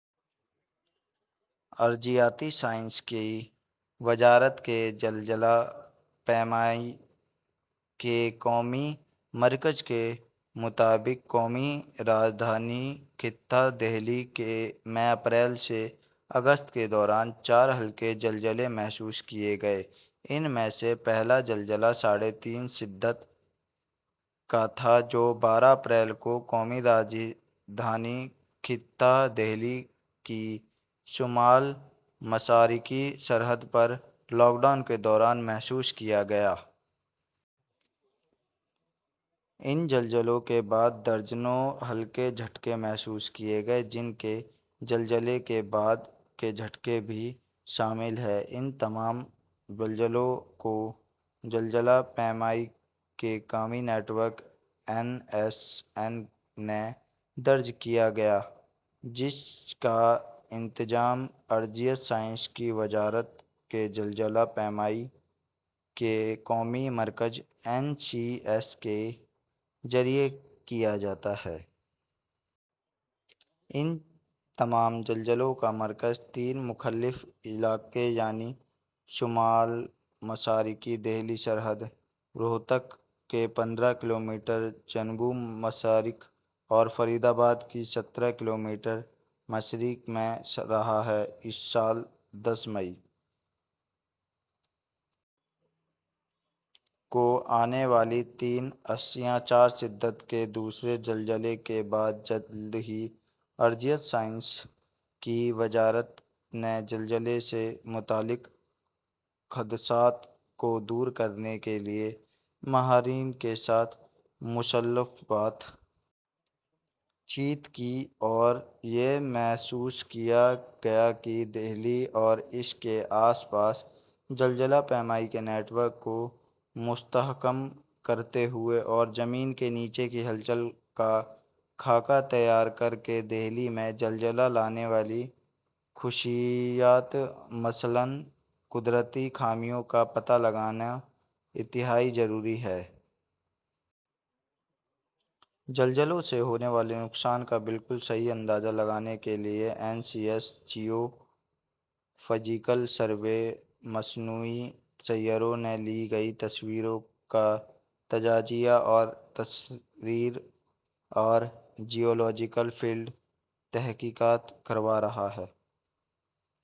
ارضیاتی سائنس کی وزارت کے زلزلہ پیمائی کے قومی مرکز کے مطابق قومی راجدھانی خطہ دہلی میں اپریل سے اگست کے دوران چار ہلکے زلزلے محسوس کیے گئے ان میں سے پہلا زلزلہ ساڑھے تین شدت کا تھا جو بارہ اپریل کو قومی راجدھانی خطہ دہلی کی شمال مشرقی سرحد پر لاک ڈاؤن کے دوران محسوس کیا گیا۔ ان زلزلوں کے بعد درجنوں ہلکے جھٹکے محسوس کیے گئے جن میں زلزلے کے بعد کے جھٹکے بھی شامل ہیں۔ ان تمام زلزلوں کو زلزلہ پیمائی کے قومی network N S N میں درج کیا گیا جس کا انتظام ارضیاتی سائنس کی وزارت کے زلزلہ پیمائی کے قومی مرکز این سی ایس کے ذریعہ کیا جاتا ہے۔ ان تمام زلزلوں کا مرکز تین مختلف علاقوں یعنی شمال مشرقی دہلی سرحد، روہتک کے پندرہ کلومیٹر جنوب مشرق اور فرید آباد کے سترہ کلومیٹر مشرق میں رہا ہے۔ اسی سال دس مئی کو آنے والے تین اشاریہ چار شدت کے دوسرے زلزلے کے بعد جلد ہی ارضیاتی سائنس کی وزارت نے زلزلے سے متعلق خدشات کو دور کرنے کے لیے ماہرین کے ساتھ مفصل بات چیت کی اور یہ محسوس کیا گیا کہ دہلی اور اس کے آس پاس زلزلہ پیمائی کے نیٹ ورک کو مستحکم کرتے ہوئے اور زمین کے نیچے کی ہلچل کا خاکہ تیار کر کے دہلی میں زلزلہ لانے والی خصوصیات مثلاً قدرتی خامیوں کا پتہ لگانا انتہائی ضروری ہے۔ زلزلوں سے ہونے والے نقصان کا بالکل صحیح اندازہ لگانے کے لیے N C S geophysical survey, مصنوعی سیاروں سے لی گئی تصویروں کا تجزیہ اور تشریح اور جیولوجیکل فیلڈ تحقیقات کروا رہا ہے۔